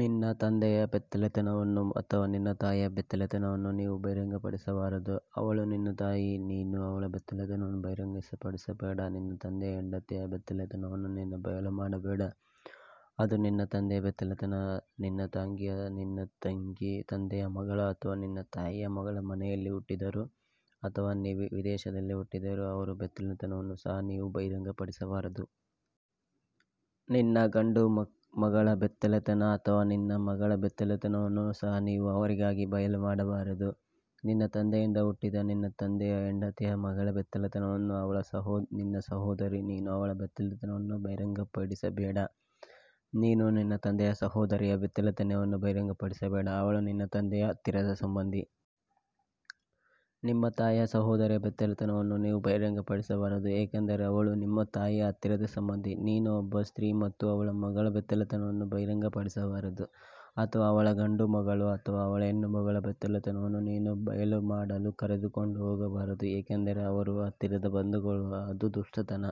ನಿನ್ನ ತಂದೆಯ ಬೆತ್ತಲೆತನವನ್ನು ಅಥವಾ ನಿನ್ನ ತಾಯಿಯ ಬೆತ್ತಲೆತನವನ್ನು ನೀವು ಬಹಿರಂಗಪಡಿಸಬಾರದು ಅವಳು ನಿನ್ನ ತಾಯಿ ನೀನು ಅವಳ ಬೆತ್ತಲೆತನವನ್ನು ಬಹಿರಂಗಪಡಿಸಬೇಡ ನಿನ್ನ ತಂದೆಯ ಹೆಂಡತಿಯ ಬೆತ್ತಲೆತನವನ್ನು ನೀನು ಬಯಲು ಮಾಡಬೇಡ ಅದು ನಿನ್ನ ತಂದೆಯ ಬೆತ್ತಲೆತನ. ನಿನ್ನ ತಂಗಿಯು ನಿನ್ನ ತಂದೆಯ ಮಗಳು ಅಥವಾ ನಿನ್ನ ತಾಯಿಯ ಮಗಳು ಮನೆಯಲ್ಲಿ ಹುಟ್ಟಿದ್ದರೂ ಅಥವಾ ವಿದೇಶದಲ್ಲಿ ಹುಟ್ಟಿದ್ದರೂ ಅವರ ಬೆತ್ತಲೆತನವನ್ನು ಸಹ ನೀವು ಬಹಿರಂಗಪಡಿಸಬಾರದು. ನಿನ್ನ ಗಂಡು ಮಗಳ ಬೆತ್ತಲೆತನ ಅಥವಾ ನಿನ್ನ ಮಗಳ ಬೆತ್ತಲೆತನವನ್ನು ಸಹ ನೀನು ಅವರಿಗಾಗಿ ಬಯಲು ಮಾಡಬಾರದು. ನಿನ್ನ ತಂದೆಯಿಂದ ಹುಟ್ಟಿದ ನಿನ್ನ ತಂದೆಯ ಹೆಂಡತಿಯ ಮಗಳ ಬೆತ್ತಲೆತನವನ್ನು ಅವಳು ನಿನ್ನ ಸಹೋದರಿ ನೀನು ಅವಳ ಬೆತ್ತಲೆತನವನ್ನು ಬಹಿರಂಗಪಡಿಸಬೇಡ. ನೀನು ನಿನ್ನ ತಂದೆಯ ಸಹೋದರಿಯ ಬೆತ್ತಲೆತನವನ್ನು ಬಹಿರಂಗಪಡಿಸಬೇಡ ಅವಳು ನಿನ್ನ ತಂದೆಯ ಹತ್ತಿರದ ಸಂಬಂಧಿ. ನಿಮ್ಮ ತಾಯಿಯ ಸಹೋದರಿಯ ಬೆತ್ತಲೆತನವನ್ನು ನೀವು ಬಹಿರಂಗಪಡಿಸಬಾರದು ಏಕೆಂದರೆ ಅವಳು ನಿಮ್ಮ ತಾಯಿಯ ಹತ್ತಿರದ ಸಂಬಂಧಿ. ನೀನು ಒಬ್ಬ ಸ್ತ್ರೀ ಮತ್ತು ಅವಳ ಮಗಳ ಬೆತ್ತಲೆತನವನ್ನು ಬಹಿರಂಗಪಡಿಸಬಾರದು ಅಥವಾ ಅವಳ ಗಂಡು ಮಗಳು ಅಥವಾ ಅವಳ ಹೆಣ್ಣು ಮಗಳ ಬೆತ್ತಲೆತನವನ್ನು ಬಯಲು ಮಾಡಲು ಕರೆದುಕೊಂಡು ಹೋಗಬಾರದು ಏಕೆಂದರೆ ಅವರು ಅವಳ ಹತ್ತಿರದ ಬಂಧುಗಳು ಅದು ದುಷ್ಟತನ.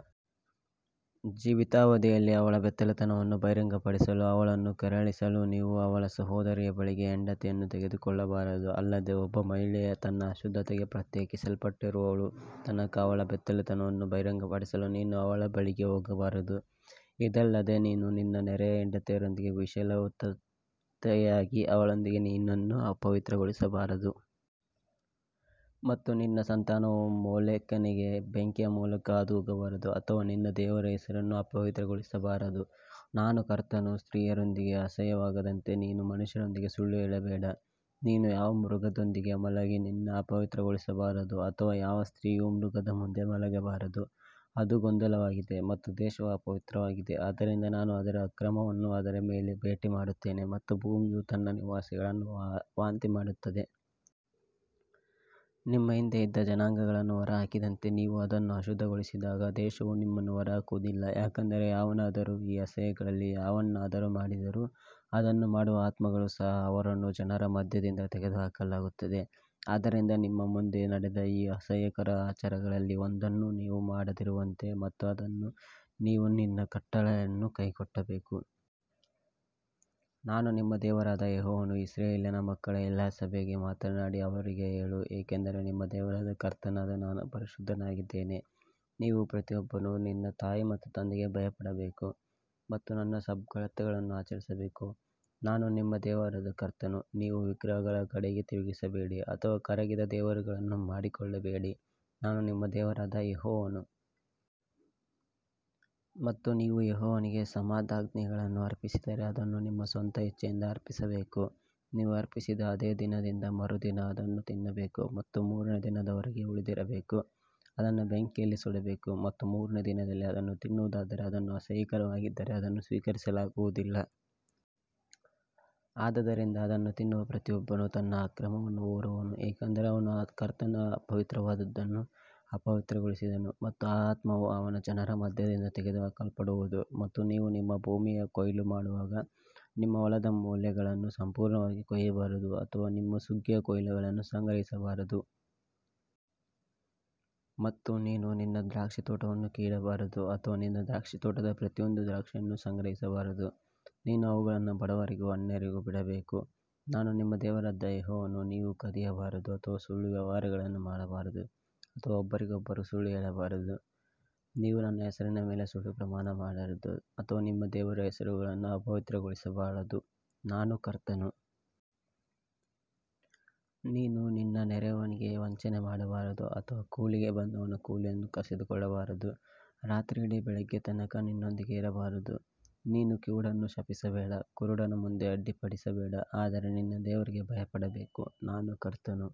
ಜೀವಿತಾವಧಿಯಲ್ಲಿ ಅವಳ ಬೆತ್ತಲೆತನವನ್ನು ಬಹಿರಂಗಪಡಿಸಲು ಅವಳನ್ನು ಕೆರಳಿಸಲು ನೀವು ಅವಳ ಸಹೋದರಿಯ ಬಳಿಗೆ ಹೆಂಡತಿಯನ್ನು ತೆಗೆದುಕೊಳ್ಳಬಾರದು. ಅಲ್ಲದೆ ಒಬ್ಬ ಮಹಿಳೆ ತನ್ನ ಅಶುದ್ಧತೆಗೆ ಪ್ರತ್ಯೇಕಿಸಲ್ಪಟ್ಟಿರುವ ತನಕ ಅವಳ ಬೆತ್ತಲೆತನವನ್ನು ಬಹಿರಂಗಪಡಿಸಲು ನೀನು ಅವಳ ಬಳಿಗೆ ಹೋಗಬಾರದು. ಇದಲ್ಲದೆ ನೀನು ನಿನ್ನ ನೆರೆಯ ಹೆಂಡತಿಯೊಂದಿಗೆ ವಿಷಯಲೋಲುಪತೆಯಾಗಿ ಅವಳೊಂದಿಗೆ ನಿನ್ನನ್ನು ಅಪವಿತ್ರಗೊಳಿಸಬಾರದು. ಮತ್ತು ನಿನ್ನ ಸಂತಾನವು ಮೋಲೆಕನಿಗೆ ಬೆಂಕಿಯ ಮೂಲಕ ಹಾದು ಹೋಗಬಾರದು ಅಥವಾ ನಿನ್ನ ದೇವರ ಹೆಸರನ್ನು ಅಪವಿತ್ರಗೊಳಿಸಬಾರದು ನಾನು ಕರ್ತನು. ಸ್ತ್ರೀಯರೊಂದಿಗೆ ಅಸಹ್ಯವಾದಂತೆ ನೀನು ಮನುಷ್ಯರೊಂದಿಗೆ ಸುಳ್ಳು ಹೇಳಬೇಡ. ನೀನು ಯಾವ ಮೃಗದೊಂದಿಗೂ ಮಲಗಿ ನಿನ್ನನ್ನು ಅಪವಿತ್ರಗೊಳಿಸಿಕೊಳ್ಳಬಾರದು ಅಥವಾ ಯಾವ ಸ್ತ್ರೀಯು ಮೃಗದ ಮುಂದೆ ಮಲಗಬಾರದು ಅದು ಗೊಂದಲವಾಗಿದೆ ಮತ್ತು ದೇಶವು ಅಪವಿತ್ರವಾಗಿದೆ ಆದ್ದರಿಂದ ನಾನು ಅದರ ಅಕ್ರಮವನ್ನು ಅದರ ಮೇಲೆ ಭೇಟಿ ಮಾಡುತ್ತೇನೆ ಮತ್ತು ಭೂಮಿಯು ತನ್ನ ನಿವಾಸಿಗಳನ್ನು ವಾಂತಿಮಾಡುತ್ತದೆ. ನಿಮ್ಮ ಹಿಂದೆ ಇದ್ದ ಜನಾಂಗಗಳನ್ನು ಹೊರಹಾಕಿದಂತೆ ನೀವು ಅದನ್ನು ಅಶುದ್ಧಗೊಳಿಸಿದಾಗ ದೇಶವು ನಿಮ್ಮನ್ನು ಹೊರಹಾಕುವುದಿಲ್ಲ. ಯಾಕಂದರೆ ಯಾವನಾದರೂ ಈ ಅಸಹ್ಯಗಳಲ್ಲಿ ಯಾವುದನ್ನಾದರೂ ಮಾಡಿದರೂ ಅದನ್ನು ಮಾಡುವ ಆತ್ಮಗಳನ್ನು ಸಹ ಅವರ ಜನರ ಮಧ್ಯದಿಂದ ತೆಗೆದುಹಾಕಲಾಗುತ್ತದೆ. ಆದದರಿಂದ ನಿಮ್ಮ ಮುಂದೆ ನಡೆದ ಈ ಅಸಹ್ಯಕರ ಆಚಾರಗಳಲ್ಲಿ ಒಂದನ್ನೂ ನೀವು ಮಾಡದಿರುವಂತೆ ಮತ್ತು ಅದರಲ್ಲಿ ನಿಮ್ಮನ್ನು ಅಪವಿತ್ರಗೊಳಿಸಿಕೊಳ್ಳದಂತೆ ನೀವು ನನ್ನ ಕಟ್ಟಳೆಯನ್ನು ಕೈಕೊಳ್ಳಬೇಕು. ನಾನು ನಿಮ್ಮ ದೇವರಾದ ಯೆಹೋವನು. ಇಸ್ರಾಯೇಲ್ ಮಕ್ಕಳ ಎಲ್ಲಾ ಸಭೆಗೆ ಮಾತನಾಡಿ ಅವರಿಗೆ ಹೇಳು ಏಕೆಂದರೆ ನಿಮ್ಮ ದೇವರಾದ ಕರ್ತನಾದ ನಾನು ಪರಿಶುದ್ಧನಾಗಿದ್ದೇನೆ. ನೀವು ಪ್ರತಿಯೊಬ್ಬನು ತನ್ನ ತಾಯಿ ಮತ್ತು ತಂದೆಗೆ ಭಯಪಡಬೇಕು ಮತ್ತು ನನ್ನ ಸಬ್ಬತ್ಗಳನ್ನು ಆಚರಿಸಬೇಕು ನಾನು ನಿಮ್ಮ ದೇವರಾದ ಕರ್ತನು. ನೀವು ವಿಗ್ರಹಗಳ ಕಡೆಗೆ ತಿರುಗಬೇಡಿ ಅಥವಾ ಕರಗಿದ ದೇವರುಗಳನ್ನು ಮಾಡಿಕೊಳ್ಳಬೇಡಿ ನಾನು ನಿಮ್ಮ ದೇವರಾದ ಯೆಹೋವನು. ಮತ್ತು ನೀವು ಯೆಹೋವನಿಗೆ ಸಮಾಧಾನಯಜ್ಞಗಳನ್ನು ಅರ್ಪಿಸಿದರೆ ಅದನ್ನು ನಿಮ್ಮ ಸ್ವಂತ ಇಚ್ಛೆಯಂತೆ ಅರ್ಪಿಸಬೇಕು. ನೀವು ಅರ್ಪಿಸಿದ ಅದೇ ದಿನ ಮತ್ತು ಮರುದಿನ ಅದನ್ನು ತಿನ್ನಬೇಕು ಮತ್ತು ಮೂರನೆಯ ದಿನದವರೆಗೆ ಉಳಿದಿದ್ದರೆ ಅದನ್ನು ಬೆಂಕಿಯಲ್ಲಿ ಸುಡಬೇಕು. ಮತ್ತು ಮೂರನೆಯ ದಿನದಲ್ಲಿ ಅದನ್ನು ತಿನ್ನುವುದಾದರೆ ಅದು ಅಸಹ್ಯಕರವಾಗಿದ್ದರೆ ಅದನ್ನು ಸ್ವೀಕರಿಸಲಾಗುವುದಿಲ್ಲ. ಆದದರಿಂದ ಅದನ್ನು ತಿನ್ನುವ ಪ್ರತಿಯೊಬ್ಬನು ತನ್ನ ಅಕ್ರಮವನ್ನು ಹೊರುವನು ಏಕೆಂದರೆ ಅವನು ಕರ್ತನ ಪವಿತ್ರವಾದದ್ದನ್ನು ಅಪವಿತ್ರಗೊಳಿಸಿದನು ಮತ್ತು ಆ ಆತ್ಮವು ಅವನ ಜನರ ಮಧ್ಯದಿಂದ ತೆಗೆದುಹಾಕಲ್ಪಡುವದು. ಮತ್ತು ನೀವು ನಿಮ್ಮ ಭೂಮಿಯ ಕೊಯ್ಲು ಮಾಡುವಾಗ ನಿಮ್ಮ ಹೊಲದ ಮೂಲೆಗಳನ್ನು ಸಂಪೂರ್ಣವಾಗಿ ಕೊಯ್ಯಬಾರದು ಅಥವಾ ನಿಮ್ಮ ಸುಗ್ಗಿಯ ಕೊಯ್ಲುಗಳನ್ನು ಸಂಗ್ರಹಿಸಬಾರದು. ಮತ್ತು ನೀನು ನಿನ್ನ ದ್ರಾಕ್ಷಿತೋಟವನ್ನು ಕೀಳಬಾರದು ಅಥವಾ ನಿನ್ನ ದ್ರಾಕ್ಷಿತೋಟದ ಪ್ರತಿಯೊಂದು ದ್ರಾಕ್ಷಿಯನ್ನು ಸಂಗ್ರಹಿಸಬಾರದು ನೀನು ಅವುಗಳನ್ನು ಬಡವರಿಗೂ ಅನ್ಯರಿಗೂ ಬಿಡಬೇಕು ನಾನು ನಿಮ್ಮ ದೇವರಾದ ಯೆಹೋವನು. ನೀವು ಕದಿಯಬಾರದು ಅಥವಾ ಸುಳ್ಳು ವ್ಯವಹಾರ ಮಾಡಬಾರದು ಅಥವಾ ಒಬ್ಬರಿಗೊಬ್ಬರು ಸುಳ್ಳು ಹೇಳಬಾರದು. ಮತ್ತು ನೀವು ನನ್ನ ಹೆಸರಿನ ಮೇಲೆ ಸುಳ್ಳು ಪ್ರಮಾಣ ಮಾಡಬಾರದು ಅಥವಾ ನಿಮ್ಮ ದೇವರ ಹೆಸರನ್ನು ಅಪವಿತ್ರಗೊಳಿಸಬಾರದು ನಾನು ಕರ್ತನು. ನೀನು ನಿನ್ನ ನೆರೆಯವನಿಗೆ ವಂಚನೆ ಮಾಡಬಾರದು ಅಥವಾ ಕೂಲಿಗೆ ಬಂದವನ ಕೂಲಿಯನ್ನು ಕಸಿದುಕೊಳ್ಳಬಾರದು ರಾತ್ರಿಯಿಡೀ ಬೆಳಿಗ್ಗೆ ತನಕ ನಿನ್ನೊಂದಿಗೆ ಇರಬಾರದು. ನೀನು ಕಿವುಡನನ್ನು ಶಪಿಸಬೇಡ ಕುರುಡನ ಮುಂದೆ ಅಡ್ಡಿಪಡಿಸಬೇಡ ಆದರೆ ನಿನ್ನ ದೇವರಿಗೆ ಭಯಪಡಬೇಕು ನಾನು ಕರ್ತನು.